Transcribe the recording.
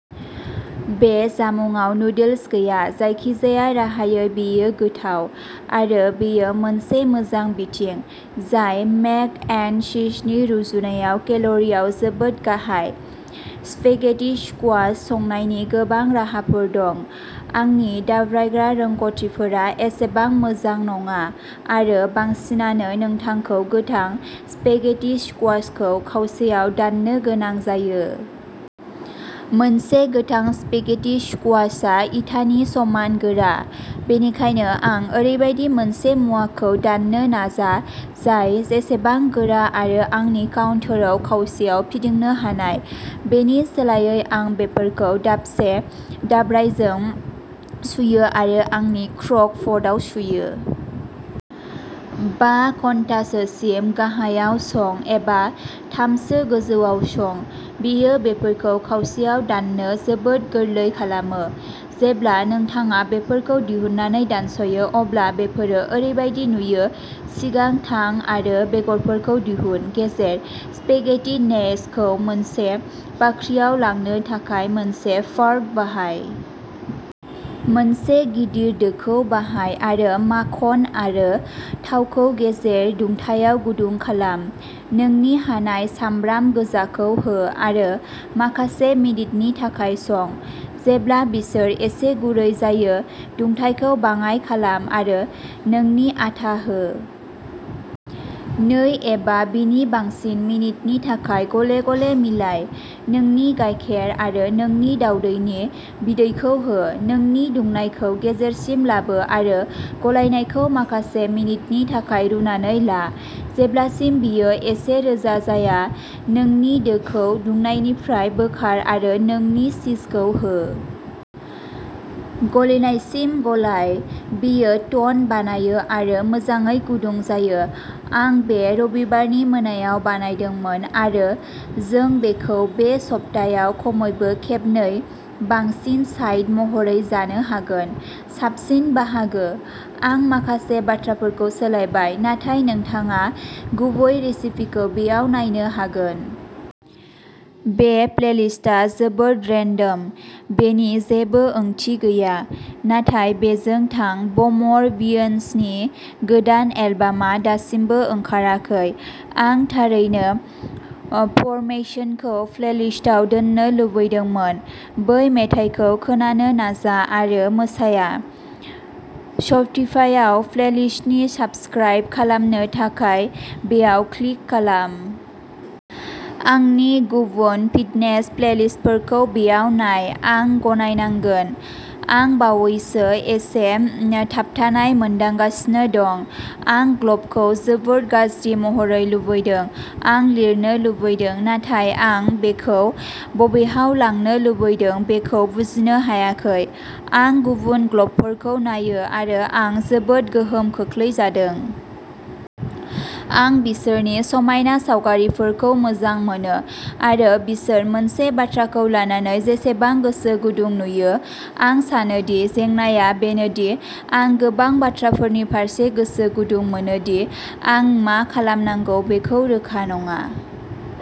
बे जामुंआव नुडल्स गैया। जायखिजाया राहायै, बेयो गोथाव आरो बेयो मोनसे मोजां बिथिं जाय मेक एन्ड चिजनि रुजुनायाव केल'रिआव जोबोद गाहाय। स्पेगेटि स्कुवाश संनायनि गोबां राहाफोर दं। आंनि दाब्रायग्रा रोंग'थिफोरा एसेबां मोजां नङा आरो बांसिनानो नोंथांखौ गोथां स्पेगेटि स्कुवाशखौ खावसेयाव दाननो गोनां जायो। मोनसे गोथां स्पेगेटि स्कुवाशआ इटानि समान गोरा, बेनिखायनो आं ओरैबायदि मोनसे मुवाखौ दाननो नाजा जाय एसेबां गोरा आरो आंनि काउन्टाराव खावसेयाव फिदिंनो हानाय। बेनि सोलायै, आं बेफोरखौ दाबसे दाब्रायजों सुयो आरो आंनि क्रक पटआव सुयो। बा घन्टासोसिम गाहायाव सं, एबा थामसो गोजौयाव सं। बेयो बेफोरखौ खावसेयाव दाननो जोबोद गोरलै खालामो। जेब्ला नोंथाङा बेफोरखौ दिहुननानै दानस'यो अब्ला बेफोरो ओरैबायदि नुयो। सिगां थां आरो बेगरफोरखौ दिहुन। गेजेर। "स्पेगेटि-नेस" खौ मोनसे बाख्रियाव लांनो थाखाय मोनसे फार्क बाहाय। मोनसे गिदिर दोखौ बाहाय आरो माखन आरो थावखौ गेजेर दुंथायाव गुदुं खालाम। नोंनि हानाय सामब्राम गोजाखौ हो आरो माखासे मिनिटनि थाखाय सं। जेब्ला बिसोर एसे गुरै जायो। दुंथायखौ बाङाय खालाम आरो नोंनि आटा हो। नै एबा बिनि बांसिन मिनिटनि थाखाय गले-गले मिलाय। नोंनि गायखेर आरो नोंनि दाउदैनि बिदैखौ हो। नोंनि दुंनायखौ गेजेरसिम लाबो आरो गलायनायखौ माखासे मिनिटनि थाखाय रुनानै ला जेब्लासिम बेयो एसे रोजा जाया। नोंनि दोखौ दुंनायनिफ्राय बोखार आरो नोंनि चीजखौ हो। गलिनायसिम गलाय। बेयो टन बानायो आरो मोजाङै गुदुं जायो। आं बे रबिबारनि मोनायाव बानायदोंमोन आरो जों बेखौ बे सप्तायाव खमैबो खेबनै बांसिन साइड महरै जानो हागोन। साबसिन बाहागो? आं माखासे बाथ्राफोरखौ सोलायबाय, नाथाय नोंथाङा गुबै रेसिपिखौ बेयाव नायनो हागोन। बे प्लेलिस्टआ जोबोद रेन्डम। बेनि जेबो ओंथि गैया, नाथाय बेजों थां। बमर बियन्सनि गोदान एलबामआ दासिमबो ओंखाराखै। आं थारैनो फर्मेसनखौ प्लेलिस्टआव दोननो लुबैदोंमोन। बै मेथाइखौ खोनानो नाजा आरो मोसाया। स्पटिफाइआव प्लेलिस्टनि साबस्क्राइब खालामनो थाखाय बेयाव क्लिक खालाम। आंनि गुबुन फिटनेस प्लेलिस्टफोरखौ बेयाव नाय आं गनायनांगोन, आं बावैसो एसे थाबथानाय मोनदांगासिनो दं। आं ब्लगखौ जोबोद गाज्रि महरै लुबैदों। आं लिरनो लुबैदों, नाथाय आं बेखौ बबेहाय लांनो लुबैदों बेखौ बुजिनो हायाखै। आं गुबुन ब्लगफोरखौ नायो आरो आं जोबोद गोहोम खोख्लैजादों। आं बिसोरनि समायना सावगारिफोरखौ मोजां मोनो आरो बिसोर मोनसे बाथ्राखौ लानानै बेसेबां गोसो गुदुं नुयो। आं सानो दि जेंनाआ बेनो दि आं गोबां बाथ्राफोरनि फारसे गोसो गुदुं मोनो दि आं मा खालामनांगौ बेखौ रोखा नङा।